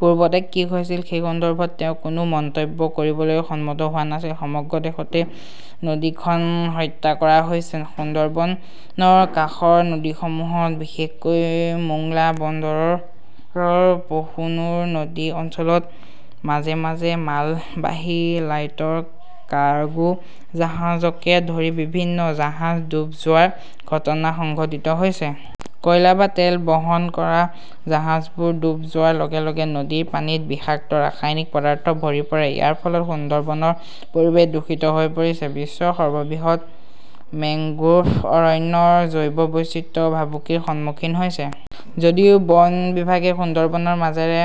পূৰ্বতে কি হৈছিল সেই সন্দৰ্ভত তেওঁ কোনো মন্তব্য কৰিবলৈ সন্মত হোৱা নাছিল। সমগ্ৰ দেশতে নদীখন হত্যা কৰা হৈছে। সুন্দৰবনৰ কাষৰ নদীসমূহত, বিশেষকৈ মোংলা বন্দৰৰ পশুনুৰ নদী অঞ্চলত, মাজে মাজে মালবাহী লাইটৰ কাৰ্গো জাহাজকে ধৰি বিভিন্ন জাহাজ ডুব যোৱাৰ ঘটনা সংঘটিত হৈছে। কয়লা বা তেল বহন কৰা জাহাজবোৰ ডুব যোৱাৰ লগে লগে নদীৰ পানীত বিষাক্ত ৰাসায়নিক পদাৰ্থ ভৰি পৰে। ইয়াৰ ফলত সুন্দৰবনৰ পৰিৱেশ দূষিত হৈ পৰিছে। বিশ্বৰ সৰ্ববৃহৎ মেংগ্ৰোভ অৰণ্যৰ জৈৱ বৈচিত্ৰ্য ভাবুকিৰ সন্মুখীন হৈছে। যদিও বন বিভাগে সুন্দৰবনৰ মাজেৰে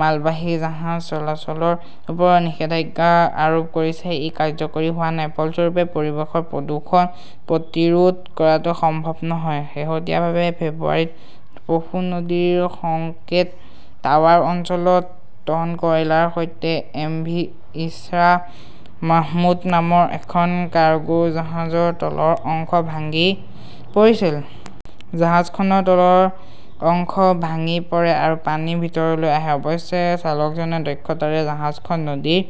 মালবাহী জাহাজ চলাচলৰ ওপৰত নিষেধাজ্ঞা আৰোপ কৰিছে, ই কাৰ্যকৰী হোৱা নাই। ফলস্বৰূপে, পৰিৱেশৰ প্ৰদূষণ প্ৰতিৰোধ কৰাটো সম্ভৱ নহয়। শেহতীয়াভাৱে ফেব্ৰুৱাৰীত পশু নদীৰ সংকেত টাৱাৰ অঞ্চলত টন কয়লাৰ সৈতে 'এমভি ইছৰা মাহমুদ নামৰ এখন কাৰ্গো জাহাজৰ তলৰ অংশ ভাঙি পৰিছিল। জাহাজখনৰ তলৰ অংশ ভাঙি পৰে আৰু পানী ভিতৰলৈ আহে। অৱশ্যে চালকজনে দক্ষতাৰে জাহাজখন নদীৰ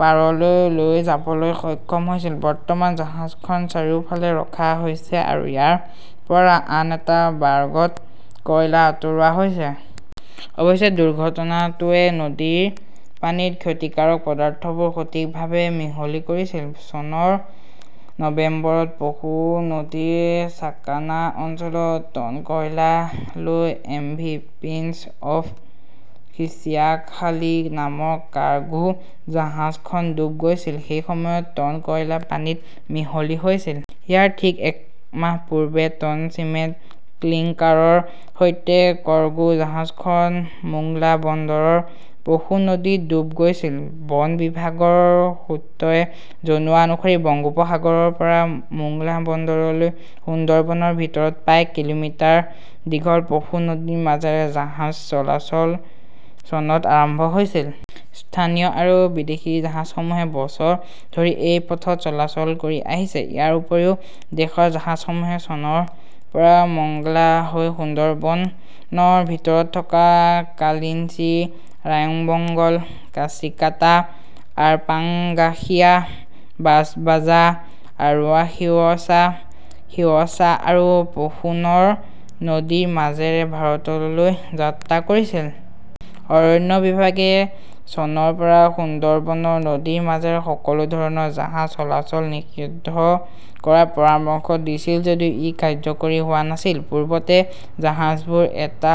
পাৰলৈ লৈ যাবলৈ সক্ষম হৈছিল। বৰ্তমান জাহাজখন চাৰিওফালে ৰখা হৈছে আৰু ইয়াৰ পৰা আন এটা বাৰ্গত কয়লা আঁতৰোৱা হৈছে। অৱশ্যে, দুৰ্ঘটনাটোৱে নদীৰ পানীত ক্ষতিকাৰক পদাৰ্থবোৰ সঠিকভাৱে মিহলি কৰিছিল। চনৰ নৱেম্বৰত পশু নদীৰ চাকানা অঞ্চলত টন কয়লা লৈ এমভি প্ৰিন্স অৱ ঘিচিয়াখালী নামৰ কাৰ্গো জাহাজখন ডুব গৈছিল। সেই সময়ত টন কয়লা পানীত মিহলি হৈছিল। ইয়াৰ ঠিক এক মাহ পূৰ্বে টন চিমেণ্ট ক্লিংকাৰৰ সৈতে কৰ্গো জাহাজখন মোংলা বন্দৰৰ পশু নদীত ডুব গৈছিল। বন বিভাগৰ সূত্ৰই জনোৱা অনুসৰি বংগোপসাগৰৰ পৰা মোংলা বন্দৰলৈ সুন্দৰবনৰ ভিতৰত প্ৰায় কিলোমিটাৰ দীঘল পশু নদীৰ মাজেৰে জাহাজ চলাচল চনত আৰম্ভ হৈছিল। স্থানীয় আৰু বিদেশী জাহাজসমূহে বছৰ ধৰি এই পথত চলাচল কৰি আহিছে। ইয়াৰ উপৰিও, দেশৰ জাহাজসমূহে চনৰ পৰা মংগলা হৈ সুন্দৰবনৰ ভিতৰত থকা কালিঞ্চি, ৰায়মঙ্গল, কাছিকাটা, আৰপাংগাসিয়া, বাজবাজা, আৰুৱা শিৱছা, শিৱছা আৰু পশুনৰ নদীৰ মাজেৰে ভাৰতলৈ যাত্ৰা কৰিছিল। অৰণ্য বিভাগে চনৰ পৰা সুন্দৰবনৰ নদীৰ মাজেৰে সকলো ধৰণৰ জাহাজ চলাচল নিষিদ্ধ কৰাৰ পৰামৰ্শ দিছিল যদিও ই কাৰ্যকৰী হোৱা নাছিল। পূৰ্বতে জাহাজবোৰ এটা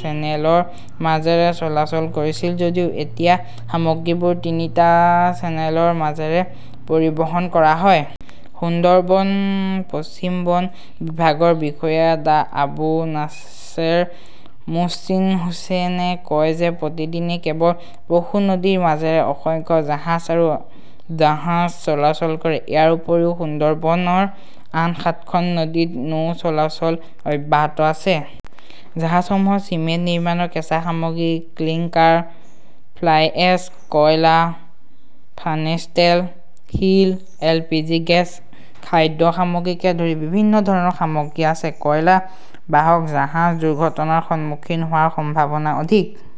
চেনেলৰ মাজেৰে চলাচল কৰিছিল যদিও এতিয়া সামগ্ৰীবোৰ তিনিটা চেনেলৰ মাজেৰে পৰিবহণ কৰা হয়। সুন্দৰবন পশ্চিম বন বিভাগৰ বিষয়া ডাঃ আবু নাছেৰ মোহচিন হুচেইনে কয় যে প্ৰতিদিনে কেৱল পশু নদীৰ মাজেৰে অসংখ্য জাহাজ আৰু জাহাজ চলাচল কৰে। ইয়াৰ উপৰিও সুন্দৰবনৰ আন সাতখন নদীত নৌ চলাচল অব্যাহত আছে। জাহাজসমূহত চিমেণ্ট নিৰ্মাণৰ কেঁচা সামগ্ৰী ক্লিংকাৰ, ফ্লাইএছ, কয়লা, ফাৰ্নেচ তেল, শিল, এল পি জি গেছ, খাদ্য সামগ্ৰীকে ধৰি বিভিন্ন ধৰণৰ সামগ্ৰী আছে। কয়লা বাহক জাহাজ দুৰ্ঘটনাৰ সন্মুখীন হোৱাৰ সম্ভাৱনা অধিক।